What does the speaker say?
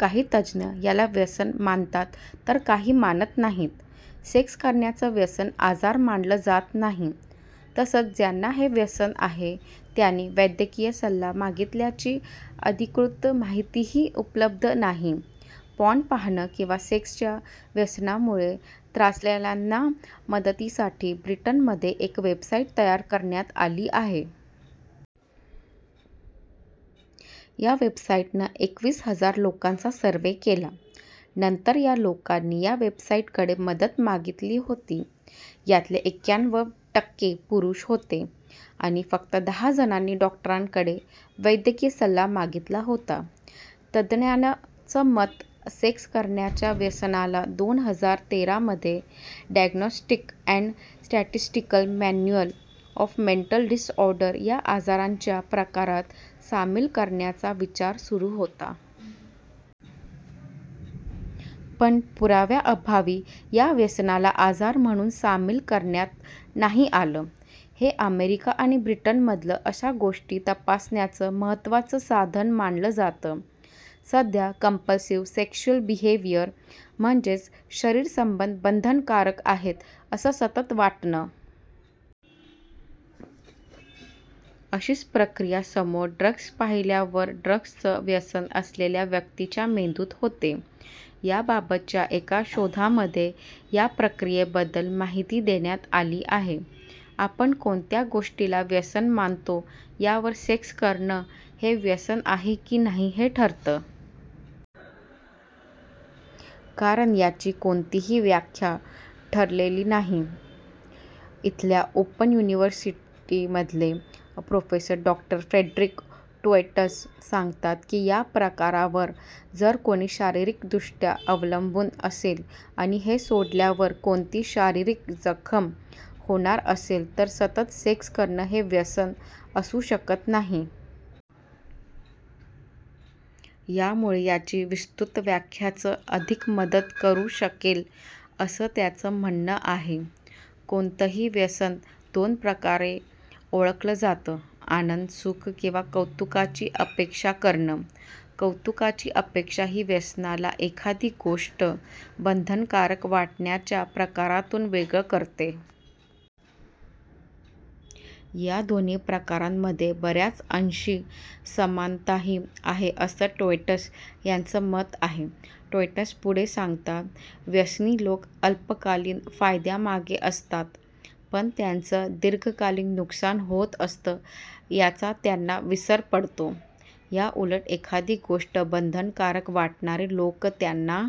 काही तज्ज्ञ याला व्यसन मानतात, तर काही मानत नाहीत. सेक्स करण्याचं व्यसन आजार मानलं जात नाही. तसंच, ज्यांना हे व्यसन आहे, त्यांनी वैद्यकीय सल्ला मागितल्याची अधिकृत माहितीही उपलब्ध नाही. पॉर्न पाहणं किंवा सेक्सच्या व्यसनामुळे त्रासलेल्यांना मदतीसाठी ब्रिटनमध्ये एक वेबसाईट तयार करण्यात आली आहे. या वेबसाईटनं एकवीस हजार लोकांचा सर्वे केला. नंतर या लोकांनी या वेबसाईटकडे मदत मागितली होती. यातले एक्याण्व टक्के पुरुष होते आणि फक्त दहा जणांनी डॉक्टरांकडे वैद्यकीय सल्ला मागितला होता. तज्ज्ञांचं मत सेक्स करण्याच्या व्यसनाला दोन हजार तेरा मध्ये 'diagnostic and statistical manual of mental disorders' या आजारांच्या प्रकारात सामिल करण्याचा विचार सुरू होता. पण, पुराव्यांअभावी या व्यसनाला आजार म्हणून सामिल करण्यात नाही आलं. हे अमेरिका आणि ब्रिटनमधलं अशा गोष्टी तपासण्याचं महत्त्वाचं साधन मानलं जातं. सध्या 'कंपलसिव्ह सेक्शुअल बिहेविअर' म्हणजेच शरीर संबंध बंधनकारक आहेत, असं सतत वाटणं. अशीच प्रक्रीया समोर ड्रग्स पाहिल्यावर ड्रग्सचं व्यसन असलेल्या व्यक्तिच्या मेंदूत होते. याबाबतच्या एका शोधामध्ये या प्रक्रीयेबद्दल माहिती देण्यात आली आहे. आपण कोणत्या गोष्टीला व्यसन मानतो यावर सेक्स करणं हे व्यसन आहे की नाही हे ठरतं. कारण, याची कोणतीही व्याख्या ठरलेली नाही. इथल्या ओपन युनिव्हर्सिटीमधले प्रा. डॉ. फ्रेडरिक टोएट्स सांगतात की या प्रकारावर जर कोणी शारीरिकदृष्ट्या अवलंबून असेल आणि हे सोडल्यावर कोणती शारीरिक जखम होणार असेल तर सतत सेक्स करणं हे व्यसन असू शकत नाही. यामुळे याची विस्तृत व्याख्याच अधिक मदत करू शकेल असं त्यांचं म्हणणं आहे. कोणतही व्यसन दोन प्रकारे ओळखलं जातं. आनंद, सुख किंवा कौतुकाची अपेक्षा करणं. कौतुकाची अपेक्षा ही व्यसनाला एखादी गोष्ट बंधनकारक वाटण्याच्या प्रकारांतून वेगळं करते. या दोन्ही प्रकारांमध्ये बऱ्याच अंशी समानताही आहे असं टोएट्स यांचं मत आहे. टोएट्स पुढे सांगतात, व्यसनी लोक अल्पकालिन फायद्याच्यामागे असतात. पण, त्यांचं दिर्घकालिन नुकसान होत असतं याचा त्यांना विसर पडतो. याऊलट एखादी गोष्ट बंधनकारक वाटणारे लोक त्यांना